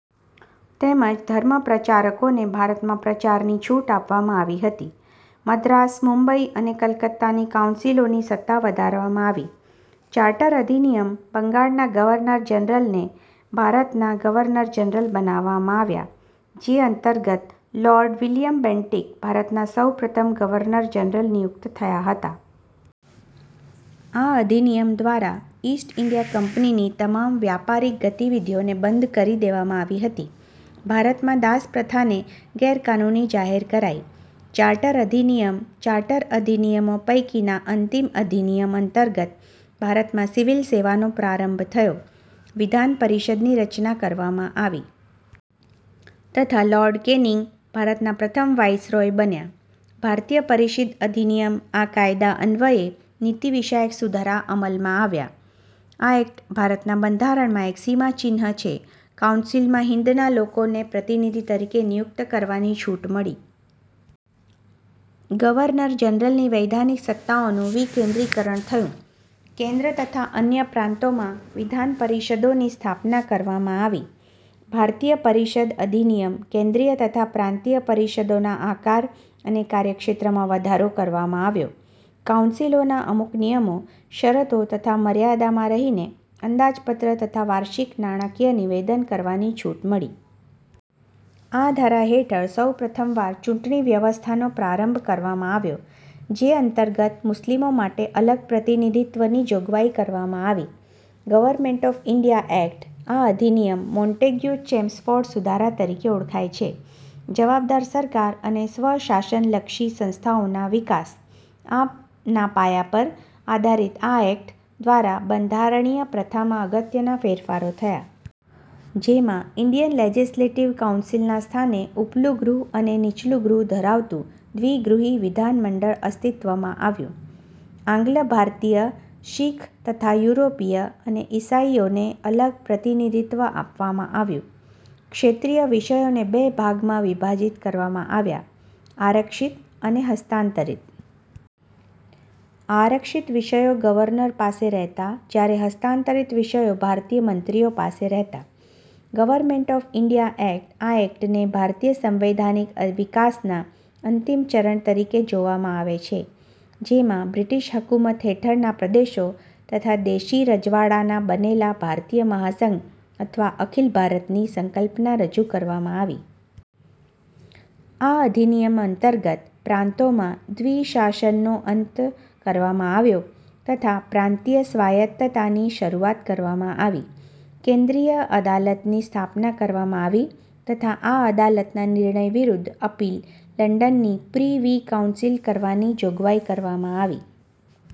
તેમજ ધર્મ પ્રચારકોને ભારતમાં પ્રચારની છૂટ આપવામાં આવી હતી. મદ્રાસ, મુંબઈ અને કલકત્તાની કાઉન્સિલોની સત્તા વધારવામાં આવી. ચાર્ટર અધિનિયમ બંગાળના ગવર્નર જનરલને ભારતના ગવર્નર જનરલ બનાવવામાં આવ્યા જે અંતર્ગત લૉર્ડ વિલિયમ બેન્ટીક ભારતના સૌ પ્રથમ ગવર્નર જનરલ નિયુક્ત થયા હતા. આ અધિનિયમ દ્વારા ઈસ્ટ ઈન્ડિયા કંપનીની તમામ વ્યાપારિક ગતિવિધિઓને બંધ કરી દેવામાં આવી હતી. ભારતમાં દાસપ્રથાને ગેરકાનૂની જાહેર કરાઈ. ચાર્ટર અધિનિયમ ચાર્ટર અધિનિયમો પૈકીના અંતિમ અધિનિયમ અંતર્ગત ભારતમાં સિવિલ સેવાનો પ્રારંભ થયો. વિધાન પરિષદની રચના કરવામાં આવી. તથા લોર્ડ કેનિંગ ભારતના પ્રથમ વાઈસરોય બન્યા. ભારતીય પરિષદ અધિનિયમ આ કાયદા અન્વયે નીતિવિષયક સુધારા અમલમાં આવ્યા. આ એક્ટ ભારતના બંધારણમાં એક સીમાચિહ્ન છે. કાઉન્સિલમાં હિંદના લોકોને પ્રતિનિધિ તરીકે નિયુક્ત કરવાની છૂટ મળી. ગવર્નર જનરલની વૈધાનિક સત્તાઓનું વિકેન્દ્રીકરણ થયું. કેન્દ્ર તથા અન્ય પ્રાન્તોમાં વિધાનપરિષદોની સ્થાપના કરવામાં આવી. ભારતીય પરિષદ અધિનિયમ કેન્દ્રીય તથા પ્રાંતીય પરિષદોના આકાર અને કાર્યક્ષેત્રમાં વધારો કરવામાં આવ્યો. કાઉન્સિલોને અમુક નિયમો, શરતો તથા મર્યાદામાં રહીને અંદાજપત્ર તથા વાર્ષિક નાણાકીય નિવેદન કરવાની છૂટ મળી. આ ધારા હેઠળ સૌ પ્રથમવાર ચૂંટણી વ્યવસ્થાનો પ્રારંભ કરવામાં આવ્યો. જે અંતર્ગત મુસ્લિમો માટે અલગ પ્રતિનિધિત્ત્વની જોગવાઈ કરવામાં આવી. ગવર્મેન્ટ ઓફ ઈન્ડિયા એક્ટ આ અધિનિયમ મોન્ટેગ્યુ-ચેમ્સફોર્ડ સુધારા તરીકે ઓળખાય છે. 'જવાબદાર સરકાર અને સ્વશાસનલક્ષી સંસ્થાઓનો વિકાસ'ના પાયા પર આધારિત આ એક્ટ દ્વારા બંધારણીય પ્રથામાં અગત્યના ફેરફારો થયા. જેમાં ઈન્ડિયન લેજેસ્લેટીવ કાઉન્સિલના સ્થાને ઊપલું ગૃહ અને નીચલું ગૃહ ધરાવતું દ્વિગૃહી વિધાનમંડળ અસ્તિત્વમાં આવ્યું. આંગ્લ-ભારતીય, શિખ તથા યુરોપીય અને ઈસાઈઓને અલગ પ્રતિનિધિત્ત્વ આપવામાં આવ્યું. ક્ષેત્રીય વિષયોને બે ભાગમાં વિભાજીત કરવામાં આવ્યા: આરક્ષિત અને હસ્તાંતરિત. આરક્ષિત વિષયો ગવર્નર પાસે રહેતા જ્યારે હસ્તાંતરીત વિષયો ભારતીય મંત્રીઓ પાસે રહેતા. ગવર્મેન્ટ ઓફ ઈન્ડિયા એક્ટ આ એક્ટને ભારતીય સંવૈધાનિક વિકાસના અંતિમ ચરણ તરીકે જોવામાં આવે છે. જેમાં બ્રિટીશ હકૂમત હેઠળના પ્રદેશો તથા દેશી રજવાડાંના બનેલા ભારતીય મહાસંઘ અથવા અખિલ ભારત ની સંકલ્પના રજૂ કરવામાં આવી. આ અધિનિયમ અંતર્ગત પ્રાંતોમાં દ્વિશાસનનો અંત કરવામાં આવ્યો તથા પ્રાંતીય સ્વાયતતાની શરૂઆત કરવામાં આવી. કેન્દ્રીય અદાલતની સ્થાપનાની કરવામાં આવી તથા આ અદાલતના નિર્ણય વિરુદ્ધ અપીલ લંડનની પ્રીવી કાઉન્સિલ કરવાની જોગવાઈ કરવામાં આવી.